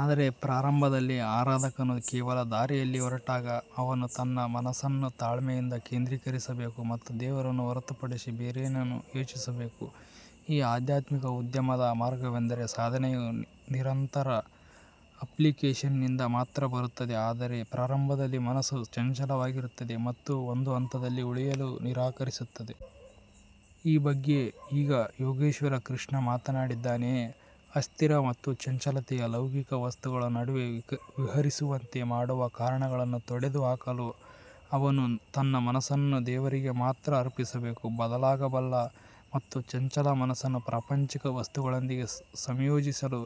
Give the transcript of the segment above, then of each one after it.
ಆದರೆ ಪ್ರಾರಂಭದಲ್ಲಿ ಆರಾಧಕನು ಕೇವಲ ದಾರಿಯಲ್ಲಿ ಹೊರಟಾಗ ಅವನು ತನ್ನ ಮನಸ್ಸನ್ನು ತಾಳ್ಮೆಯಿಂದ ಕೇಂದ್ರೀಕರಿಸಬೇಕು ಮತ್ತು ದೇವರನ್ನು ಹೊರತುಪಡಿಸಿ ಬೇರೇನನ್ನೂ ಯೋಚಿಸಬೇಕು. ಈ ಆಧ್ಯಾತ್ಮಿಕ ಉದ್ಯಮದ ಮಾರ್ಗವೆಂದರೆ ಸಾಧನೆಯು ನಿರಂತರ ಅಪ್ಲಿಕೇಶನ್ನಿಂದ ಮಾತ್ರ ಬರುತ್ತದೆ ಆದರೆ ಪ್ರಾರಂಭದಲ್ಲಿ ಮನಸ್ಸು ಚಂಚಲವಾಗಿರುತ್ತದೆ ಮತ್ತು ಒಂದು ಹಂತದಲ್ಲಿ ಉಳಿಯಲು ನಿರಾಕರಿಸುತ್ತದೆ. ಈ ಬಗ್ಗೆ ಈಗ ಯೋಗೇಶ್ವರ ಕೃಷ್ಣ ಮಾತನಾಡಿದ್ದಾರೆ. ಅಸ್ಥಿರ ಮತ್ತು ಚಂಚಲತೆಯನ್ನು ಲೌಕಿಕ ವಸ್ತುಗಳ ನಡುವೆ ವಿಹರಿಸುವಂತೆ ಮಾಡುವ ಕಾರಣಗಳನ್ನು ತೊಡೆದುಹಾಕಲು ಅವನು ತನ್ನ ಮನಸ್ಸನ್ನು ದೇವರಿಗೆ ಮಾತ್ರ ಅರ್ಪಿಸಬೇಕು. ಬದಲಾಗಬಲ್ಲ ಮತ್ತು ಚಂಚಲ ಮನಸ್ಸನ್ನು ಪ್ರಾಪಂಚಿಕ ವಸ್ತುಗಳೊಂದಿಗೆ ಸಂಯೋಜಿಸಲು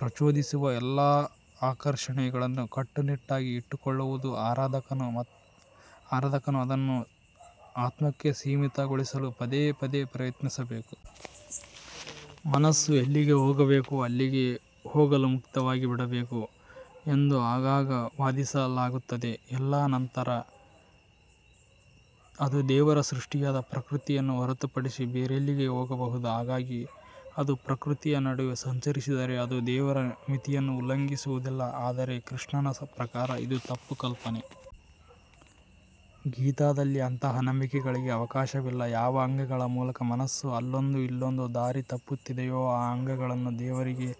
ಪ್ರಚೋದಿಸುವ ಎಲ್ಲಾ ಆಕರ್ಷಣೆಗಳನ್ನು ಕಟ್ಟುನಿಟ್ಟಾಗಿ ಇಟ್ಟುಕೊಳ್ಳುವುದು ಆರಾಧಕನು ಅದನ್ನು ಆತ್ಮಕ್ಕೆ ಸೀಮಿತಗೊಳಿಸಲು ಪದೇ ಪದೇ ಪ್ರಯತ್ನಿಸಬೇಕು. ಮನಸ್ಸು ಎಲ್ಲಿಗೆ ಹೋಗಬೇಕೋ ಅಲ್ಲಿಗೆ ಹೋಗಲು ಮುಕ್ತವಾಗಿ ಬಿಡಬೇಕು ಎಂದು ಆಗಾಗ್ಗೆ ವಾದಿಸಲಾಗುತ್ತದೆ. ಎಲ್ಲಾ ನಂತರ ಅದು ದೇವರ ಸೃಷ್ಟಿಯಾದ ಪ್ರಕೃತಿಯನ್ನು ಹೊರತುಪಡಿಸಿ ಬೇರೆಲ್ಲಿಗೆ ಹೋಗಬಹುದು. ಹಾಗಾಗಿ ಅದು ಪ್ರಕೃತಿಯ ನಡುವೆ ಸಂಚರಿಸಿದರೆ ಅದು ದೇವರ ಮಿತಿಯನ್ನು ಉಲ್ಲಂಘಿಸುವುದಿಲ್ಲ. ಆದರೆ ಶ್ರೀಕೃಷ್ಣನ ಪ್ರಕಾರ ಇದು ತಪ್ಪು ಕಲ್ಪನೆ. ಗೀತಾದಲ್ಲಿ ಅಂತಹ ನಂಬಿಕೆಗಳಿಗೆ ಅವಕಾಶವಿಲ್ಲ. ಯಾವ ಅಂಗಗಳ ಮೂಲಕ ಮನಸ್ಸು ಅಲ್ಲೊಂದು ಇಲ್ಲೊಂದು ದಾರಿ ತಪ್ಪುತ್ತಿದೆಯೋ ಆ ಅಂಗಗಳನ್ನು ದೇವರಿಗೆ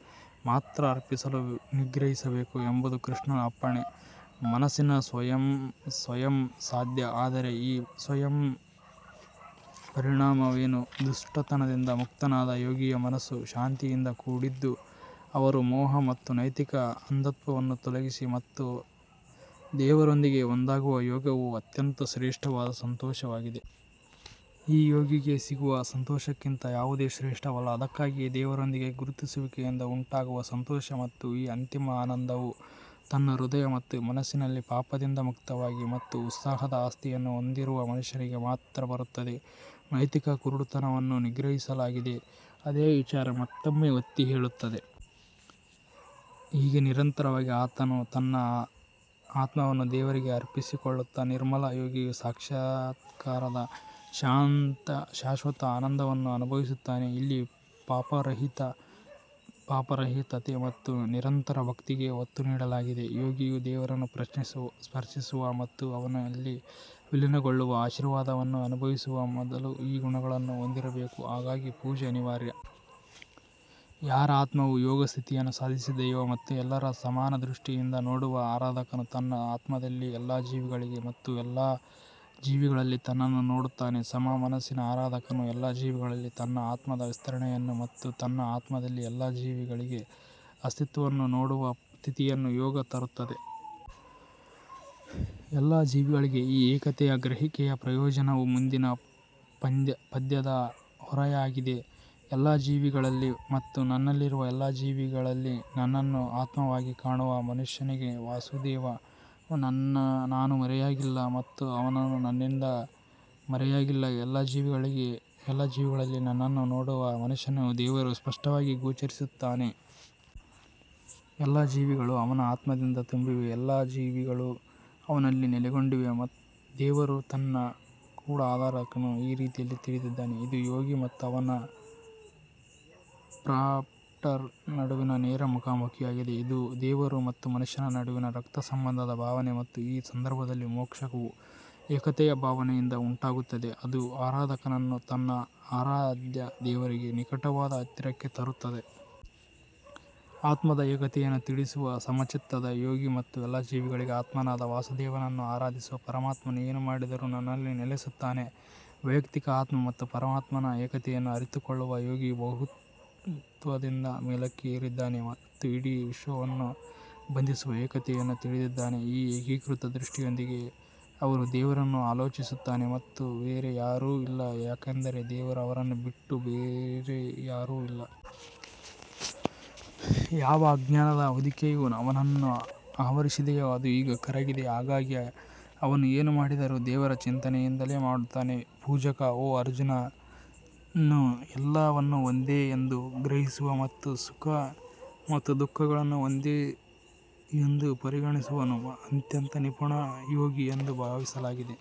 ಮಾತ್ರ ಅರ್ಪಿಸಲು ನಿಗ್ರಹಿಸಬೇಕು ಎಂಬುದು ಶ್ರೀಕೃಷ್ಣನ ಅಪ್ಪಣೆ. ಮನಸ್ಸಿನ ಸಂಯಮ ಸಾಧ್ಯ ಆದರೆ ಈ ಸಂಯಮದ ಪರಿಣಾಮವೇನು. ದುಷ್ಟತನದಿಂದ ಮುಕ್ತನಾದ ಯೋಗಿಯ ಮನಸ್ಸು ಶಾಂತಿಯಿಂದ ಕೂಡಿದ್ದು ಅವರ ಮೋಹ ಮತ್ತು ನೈತಿಕ ಅಂಧತ್ವವನ್ನು ತೊಲಗಿಸಿ ಮತ್ತು ದೇವರೊಂದಿಗೆ ಒಂದಾಗುವ ಯೋಗವು ಅತ್ಯಂತ ಶ್ರೇಷ್ಠವಾದ ಸಂತೋಷವಾಗಿದೆ. ಈ ಯೋಗಿಗೆ ಸಿಗುವ ಸಂತೋಷಕ್ಕಿಂತ ಯಾವುದೂ ಶ್ರೇಷ್ಠವಲ್ಲ. ಅದಕ್ಕಾಗಿಯೇ ದೇವರೊಂದಿಗೆ ಗುರುತಿಸುವಿಕೆಯಿಂದ ಉಂಟಾಗುವ ಸಂತೋಷ ಮತ್ತು ಈ ಅಂತಿಮ ಆನಂದವು ತನ್ನ ಹೃದಯ ಮತ್ತು ಮನಸ್ಸಿನಲ್ಲಿ ಪಾಪದಿಂದ ಮುಕ್ತವಾಗಿ ಮತ್ತು ಉತ್ಸಾಹದ ಆಸ್ತಿಯನ್ನು ಹೊಂದಿರುವ ಮನುಷ್ಯನಿಗೆ ಮಾತ್ರ ಬರುತ್ತದೆ. ನೈತಿಕ ಕುರುಡುತನವನ್ನು ನಿಗ್ರಹಿಸಲಾಗಿದೆ. ಅದೇ ವಿಚಾರ ಮತ್ತೊಮ್ಮೆ ಒತ್ತಿ ಹೇಳುತ್ತದೆ. ಹೀಗೆ ನಿರಂತರವಾಗಿ ತನ್ನ ಆತ್ಮವನ್ನು ದೇವರಿಗೆ ಅರ್ಪಿಸಿಕೊಳ್ಳುತ್ತಾ ನಿರ್ಮಲ ಯೋಗಿಯು ಸಾಕ್ಷಾತ್ಕಾರದ ಶಾಶ್ವತ ಆನಂದವನ್ನು ಅನುಭವಿಸುತ್ತಾನೆ. ಇಲ್ಲಿ ಪಾಪರಹಿತತೆ ಮತ್ತು ನಿರಂತರ ಭಕ್ತಿಗೆ ಒತ್ತು ನೀಡಲಾಗಿದೆ. ಯೋಗಿಯು ದೇವರನ್ನು ಸ್ಪರ್ಶಿಸುವ ಮತ್ತು ಅವನಲ್ಲಿ ವಿಲೀನಗೊಳ್ಳುವ ಆಶೀರ್ವಾದವನ್ನು ಅನುಭವಿಸುವ ಮೊದಲು ಈ ಗುಣಗಳನ್ನು ಹೊಂದಿರಬೇಕು. ಹಾಗಾಗಿ ಪೂಜೆ ಅನಿವಾರ್ಯ. ಯಾರ ಆತ್ಮವು ಯೋಗ ಸ್ಥಿತಿಯನ್ನು ಸಾಧಿಸಿದೆಯೋ ಮತ್ತು ಎಲ್ಲರನ್ನು ಸಮಾನ ದೃಷ್ಟಿಯಿಂದ ನೋಡುವ ಆರಾಧಕನು ತನ್ನ ಆತ್ಮದಲ್ಲಿ ಎಲ್ಲಾ ಜೀವಿಗಳಲ್ಲಿ ಮತ್ತು ಎಲ್ಲಾ ಜೀವಿಗಳಲ್ಲಿ ತನ್ನನ್ನು ನೋಡುತ್ತಾನೆ. ಸಮ ಮನಸ್ಸಿನ ಆರಾಧಕನು ಎಲ್ಲಾ ಜೀವಿಗಳಲ್ಲಿ ತನ್ನ ಆತ್ಮದ ವಿಸ್ತರಣೆಯನ್ನು ಮತ್ತು ತನ್ನ ಆತ್ಮದಲ್ಲಿ ಎಲ್ಲಾ ಜೀವಿಗಳ ಅಸ್ತಿತ್ವವನ್ನು ನೋಡುವ ಸ್ಥಿತಿಯನ್ನು ಯೋಗವು ತರುತ್ತದೆ. ಎಲ್ಲಾ ಜೀವಿಗಳ ಈ ಏಕತೆಯ ಗ್ರಹಿಕೆಯ ಪ್ರಯೋಜನವು ಮುಂದಿನ ಪದ್ಯದ ಹೊರೆಯಾಗಿದೆ. ಎಲ್ಲಾ ಜೀವಿಗಳಲ್ಲಿ ಮತ್ತು ನನ್ನಲ್ಲಿರುವ ಎಲ್ಲಾ ಜೀವಿಗಳಲ್ಲಿ ನನ್ನನ್ನು ಆತ್ಮವಾಗಿ ಕಾಣುವ ಮನುಷ್ಯನಿಗೆ ವಾಸುದೇವ ನಾನು ಮರೆಯಾಗಿಲ್ಲ ಮತ್ತು ಅವನು ನನ್ನಿಂದ ಮರೆಯಾಗಿಲ್ಲ. ಎಲ್ಲಾ ಜೀವಿಗಳಲ್ಲಿ ತನ್ನನ್ನು ನೋಡುವ ಮನುಷ್ಯನಿಗೆ ದೇವರು ಸ್ಪಷ್ಟವಾಗಿ ಗೋಚರಿಸುತ್ತಾನೆ. ಎಲ್ಲಾ ಜೀವಿಗಳು ಅವನ ಆತ್ಮದಿಂದ ತುಂಬಿವೆ ಮತ್ತು ಎಲ್ಲಾ ಜೀವಿಗಳು ಅವನಲ್ಲಿ ನೆಲೆಗೊಂಡಿವೆ. ದೇವರು ಕೂಡ ತನ್ನ ಆರಾಧಕನನ್ನು ಅದೇ ರೀತಿಯಲ್ಲಿ ತಿಳಿದಿದ್ದಾನೆ. ಇದು ಯೋಗಿ ಮತ್ತು ಅವನ ಪ್ರಾಂಪ್ಟರ್ ನಡುವಿನ ನೇರ ಮುಖಾಮುಖಿಯಾಗಿದೆ. ಇದು ದೇವರು ಮತ್ತು ಮನುಷ್ಯನ ನಡುವಿನ ರಕ್ತಸಂಬಂಧದ ಭಾವನೆ ಮತ್ತು ಈ ಸಂದರ್ಭದಲ್ಲಿ ಮೋಕ್ಷವು ಏಕತೆಯ ಭಾವನೆಯಿಂದ ಉಂಟಾಗುತ್ತದೆ ಅದು ಆರಾಧಕನನ್ನು ತನ್ನ ಆರಾಧ್ಯ ದೇವರಿಗೆ ನಿಕಟವಾಗಿ ಹತ್ತಿರಕ್ಕೆ ತರುತ್ತದೆ. ಆತ್ಮದ ಏಕತೆಯನ್ನು ತಿಳಿದ ಸಮಚಿತ್ತದ ಯೋಗಿ ಮತ್ತು ಎಲ್ಲಾ ಜೀವಿಗಳಲ್ಲಿ ಆತ್ಮನಾದ ವಾಸುದೇವನನ್ನು ಆರಾಧಿಸುವ ಪರಮಾತ್ಮನು ಏನು ಮಾಡಿದರೂ ನನ್ನಲ್ಲಿ ನೆಲೆಸುತ್ತಾನೆ. ವೈಯಕ್ತಿಕ ಆತ್ಮ ಮತ್ತು ಪರಮಾತ್ಮನ ಏಕತೆಯನ್ನು ಅರಿತುಕೊಳ್ಳುವ ಯೋಗಿಯು ಬಹುತ್ವದಿಂದ ಮೇಲಕ್ಕೆ ಏರಿದ್ದಾನೆ ಮತ್ತು ಇಡೀ ವಿಶ್ವವನ್ನು ಬಂಧಿಸುವ ಏಕತೆಯನ್ನು ತಿಳಿದಿದ್ದಾನೆ. ಈ ಏಕೀಕೃತ ದೃಷ್ಟಿಯೊಂದಿಗೆ ಅವನು ದೇವರನ್ನು ಆಲೋಚಿಸುತ್ತಾನೆ ಮತ್ತು ಬೇರೆ ಯಾರೂ ಇಲ್ಲ ಏಕೆಂದರೆ ದೇವರನ್ನು ಬಿಟ್ಟು ಬೇರೆ ಯಾರೂ ಇಲ್ಲ. ಯಾವ ಅಜ್ಞಾನದ ಹೊದಿಕೆಯು ಅವನನ್ನು ಆವರಿಸಿದೆಯೋ ಅದು ಈಗ ಕರಗಿದೆ. ಹಾಗಾಗಿ ಅವನು ಏನು ಮಾಡಿದರೂ ದೇವರ ಚಿಂತನೆಯಿಂದಲೇ ಮಾಡುತ್ತಾನೆ. ಪೂಜಕ ಓ ಅರ್ಜುನನು ಎಲ್ಲವನ್ನು ಒಂದೇ ಎಂದು ಗ್ರಹಿಸುವ ಮತ್ತು ಸುಖ ಮತ್ತು ದುಃಖಗಳನ್ನು ಒಂದೇ ಎಂದು ಪರಿಗಣಿಸುವವನು ಅತ್ಯಂತ ನಿಪುಣ ಯೋಗಿ ಎಂದು ಭಾವಿಸಲಾಗಿದೆ.